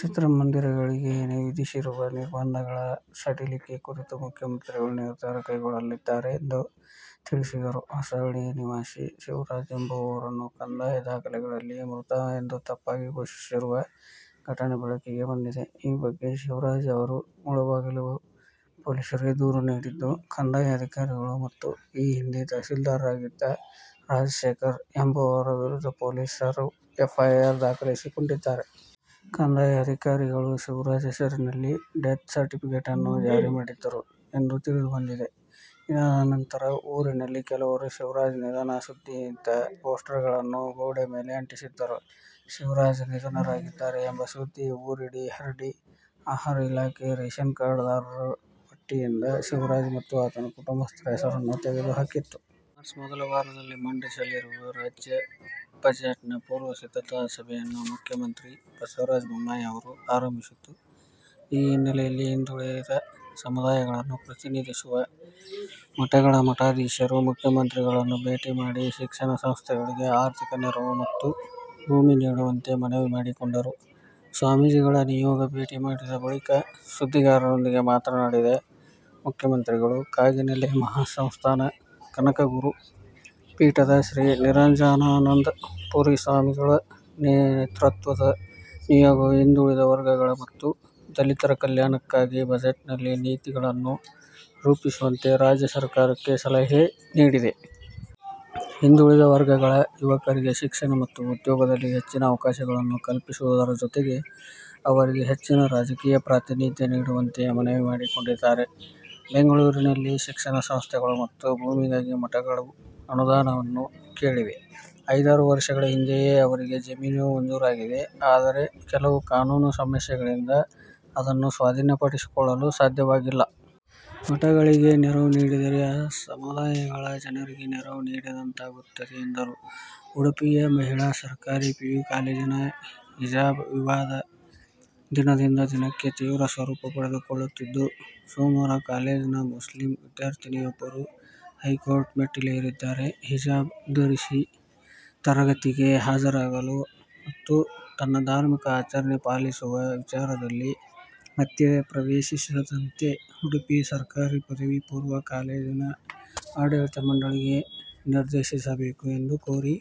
ಚಿತ್ರಮಂದಿರಗಳಿಗೆ ವಿಧಿಸಿರುವ ನಿರ್ಬಂಧಗಳ ಸಡಿಲಿಕೆ ಕುರಿತು ಮುಖ್ಯಮಂತ್ರಿಗಳು ನಿರ್ಧಾರ ಕೈಗೊಳ್ಳಲಿದ್ದಾರೆಂದು ತಿಳಿಸಿದರು. ಹೊಸಹಳ್ಳಿ ನಿವಾಸಿ ಶಿವರಾಜ್ ಎಂಬುವವರನ್ನು ಕಂದಾಯ ದಾಖಲೆಗಳಲ್ಲಿ ಮೃತ ಎಂದು ತಪ್ಪಾಗಿ ಘೋಷಿಸಿರುವ ಘಟನೆ ಬೆಳಕಿಗೆ ಬಂದಿದೆ. ಈ ಬಗ್ಗೆ ಶಿವರಾಜ್ ಅವರು ಮುಳಬಾಗಿಲು ಪೊಲೀಸರಿಗೆ ದೂರು ನೀಡಿದ್ದು, ಕಂದಾಯ ಅಧಿಕಾರಿಗಳು ಮತ್ತು ಈ ಹಿಂದೆ ತಹಶೀಲ್ದಾರರಾಗಿದ್ದ ರಾಜಶೇಖರ್ ಎಂಬುವವರ ವಿರುದ್ಧ ಪೊಲೀಸರು ಎಫ್ ಐ ಆರ್ ದಾಖಲಿಸಿಕೊಂಡಿದ್ದಾರೆ. ಕಂದಾಯ ಅಧಿಕಾರಿಗಳು ಶಿವರಾಜ್ ಹೆಸರಿನಲ್ಲಿ ಡೆತ್ ಸರ್ಟಿಫಿಕೆಟನ್ನೂ ಜಾರಿ ಮಾಡಿದ್ದರು ಎಂದು ತಿಳಿದುಬಂದಿದೆ. ಇದಾದ ನಂತರ ಊರಿನಲ್ಲಿ ಕೆಲವರು ಶಿವರಾಜ್ ನಿಧನ ಸುದ್ದಿಯಿದ್ದ ಪೋಸ್ಟರ್ ಗಳನ್ನು ಗೋಡೆ ಮೇಲೆ ಅಂಟಿಸಿದ್ದರು. ಶಿವರಾಜ್ ನಿಧನರಾಗಿದ್ದಾರೆ ಎಂಬ ಸುದ್ದಿ ಊರಿಡೀ ಹರಡಿ, ಆಹಾರ ಇಲಾಖೆ ರೇಷನ್ ಕಾರ್ಡ್ ದಾರರ ಪಟ್ಟಿಯಿಂದ ಶಿವರಾಜ್ ಮತ್ತು ಆತನ ಕುಟುಂಬಸ್ಥರ ಹೆಸರನ್ನು ತೆಗೆದು ಹಾಕಿತ್ತು. ಮಾರ್ಚ್ ಮೊದಲ ವಾರದಲ್ಲಿ ಮಂಡಿಸಲಿರುವ ರಾಜ್ಯ ಬಜೆಟ್ನ ಪೂರ್ವಸಿದ್ಧತಾ ಸಭೆಯನ್ನು ಮುಖ್ಯಮಂತ್ರಿ ಬಸವರಾಜ ಬೊಮ್ಮಾಯಿ ಅವರು ಆರಂಭಿಸಿದ್ದು, ಈ ಹಿನ್ನೆಲೆಯಲ್ಲಿ ಹಿಂದುಳಿದ ಸಮುದಾಯಗಳನ್ನು ಪ್ರತಿನಿಧಿಸುವ ಮಠಗಳ ಮಠಾಧೀಶರು ಮುಖ್ಯಮಂತ್ರಿಗಳನ್ನು ಭೇಟಿ ಮಾಡಿ ಶಿಕ್ಷಣ ಸಂಸ್ಥೆಗಳಿಗೆ ಆರ್ಥಿಕ ನೆರವು ಮತ್ತು ಭೂಮಿ ನೀಡುವಂತೆ ಮನವಿ ಮಾಡಿಕೊಂಡರು. ಸ್ವಾಮೀಜಿಗಳ ನಿಯೋಗ ಭೇಟಿ ಮಾಡಿದ ಬಳಿಕ ಸುದ್ದಿಗಾರರೊಂದಿಗೆ ಮಾತನಾಡಿದ ಮುಖ್ಯಮಂತ್ರಿಗಳು, ಕಾಗಿನೆಲೆ ಮಹಾಸಂಸ್ಥಾನ ಕನಕಗುರು ಪೀಠದ ಶ್ರೀ ನಿರಂಜನಾನಂದ ಪುರಿ ಸ್ವಾಮಿಗಳ ನೇತೃತ್ವದ ನಿಯೋಗವು ಹಿಂದುಳಿದ ವರ್ಗಗಳ ಮತ್ತು ದಲಿತರ ಕಲ್ಯಾಣಕ್ಕಾಗಿ ಬಜೆಟ್ನಲ್ಲಿ ನೀತಿಗಳನ್ನು ರೂಪಿಸುವಂತೆ ರಾಜ್ಯ ಸರ್ಕಾರಕ್ಕೆ ಸಲಹೆ ನೀಡಿದೆ. ಹಿಂದುಳಿದ ವರ್ಗಗಳ ಯುವಕರಿಗೆ ಶಿಕ್ಷಣ ಮತ್ತು ಉದ್ಯೋಗದಲ್ಲಿ ಹೆಚ್ಚಿನ ಅವಕಾಶಗಳನ್ನು ಕಲ್ಪಿಸುವುದರ ಜೊತೆಗೆ ಅವರಿಗೆ ಹೆಚ್ಚಿನ ರಾಜಕೀಯ ಪ್ರಾತಿನಿಧ್ಯ ನೀಡುವಂತೆ ಮನವಿ ಮಾಡಿಕೊಂಡಿದ್ದಾರೆ. ಬೆಂಗಳೂರಿನಲ್ಲಿ ಶಿಕ್ಷಣ ಸಂಸ್ಥೆಗಳು ಮತ್ತು ಭೂಮಿಗಾಗಿ ಮಠಗಳು ಅನುದಾನವನ್ನು ಕೇಳಿವೆ. ಐದಾರು ವರ್ಷಗಳ ಹಿಂದೆಯೇ ಅವರಿಗೆ ಜಮೀನು ಮಂಜೂರಾಗಿದೆ. ಆದರೆ ಕೆಲವು ಕಾನೂನು ಸಮಸ್ಯೆಗಳಿಂದ ಅದನ್ನು ಸ್ವಾಧೀನಪಡಿಸಿಕೊಳ್ಳಲು ಸಾಧ್ಯವಾಗಿಲ್ಲ. ಮಠಗಳಿಗೆ ನೆರವು ನೀಡಿದರೆ, ಆ ಸಮುದಾಯಗಳ ಜನರಿಗೆ ನೆರವು ನೀಡಿದಂತಾಗುತ್ತದೆ ಎಂದರು. ಉಡುಪಿಯ ಮಹಿಳಾ ಸರಕಾರಿ ಪಿಯು ಕಾಲೇಜಿನ ಹಿಜಾಬ್ ವಿವಾದ ದಿನದಿಂದ ದಿನಕ್ಕೆ ತೀವ್ರ ಸ್ವರೂಪ ಪಡೆದುಕೊಳ್ಳುತ್ತಿದ್ದು, ಸೋಮವಾರ ಕಾಲೇಜ್ ನ ಮುಸ್ಲಿಂ ವಿದ್ಯಾರ್ಥಿನಿಯೊಬ್ಬರು ಹೈಕೋರ್ಟ್ ಮೆಟ್ಟಿಲೇರಿದ್ದಾರೆ. ಹಿಜಾಬ್ ಧರಿಸಿ ತರಗತಿಗೆ ಹಾಜರಾಗಲು ಮತ್ತು ತನ್ನ ಧಾರ್ಮಿಕ ಆಚರಣೆ ಪಾಲಿಸುವ ವಿಚಾರದಲ್ಲಿ ಮಧ್ಯಪ್ರವೇಶಿಸದಂತೆ ಉಡುಪಿ ಸರ್ಕಾರಿ ಪದವಿ ಪೂರ್ವ ಕಾಲೇಜಿನ ಆಡಳಿತ ಮಂಡಳಿಗೆ ನಿರ್ದೇಶಿಸಬೇಕು ಎಂದು ಕೋರಿ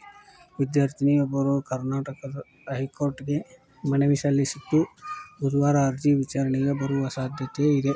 ವಿದ್ಯಾರ್ಥಿನಿಯೊಬ್ಬರು ಕರ್ನಾಟಕ ಹೈಕೋರ್ಟ್ ಗೆ ಮನವಿ ಸಲ್ಲಿಸಿದ್ದು, ಬುಧವಾರ ಅರ್ಜಿ ವಿಚಾರಣೆಗೆ ಬರುವ ಸಾಧ್ಯತೆ ಇದೆ.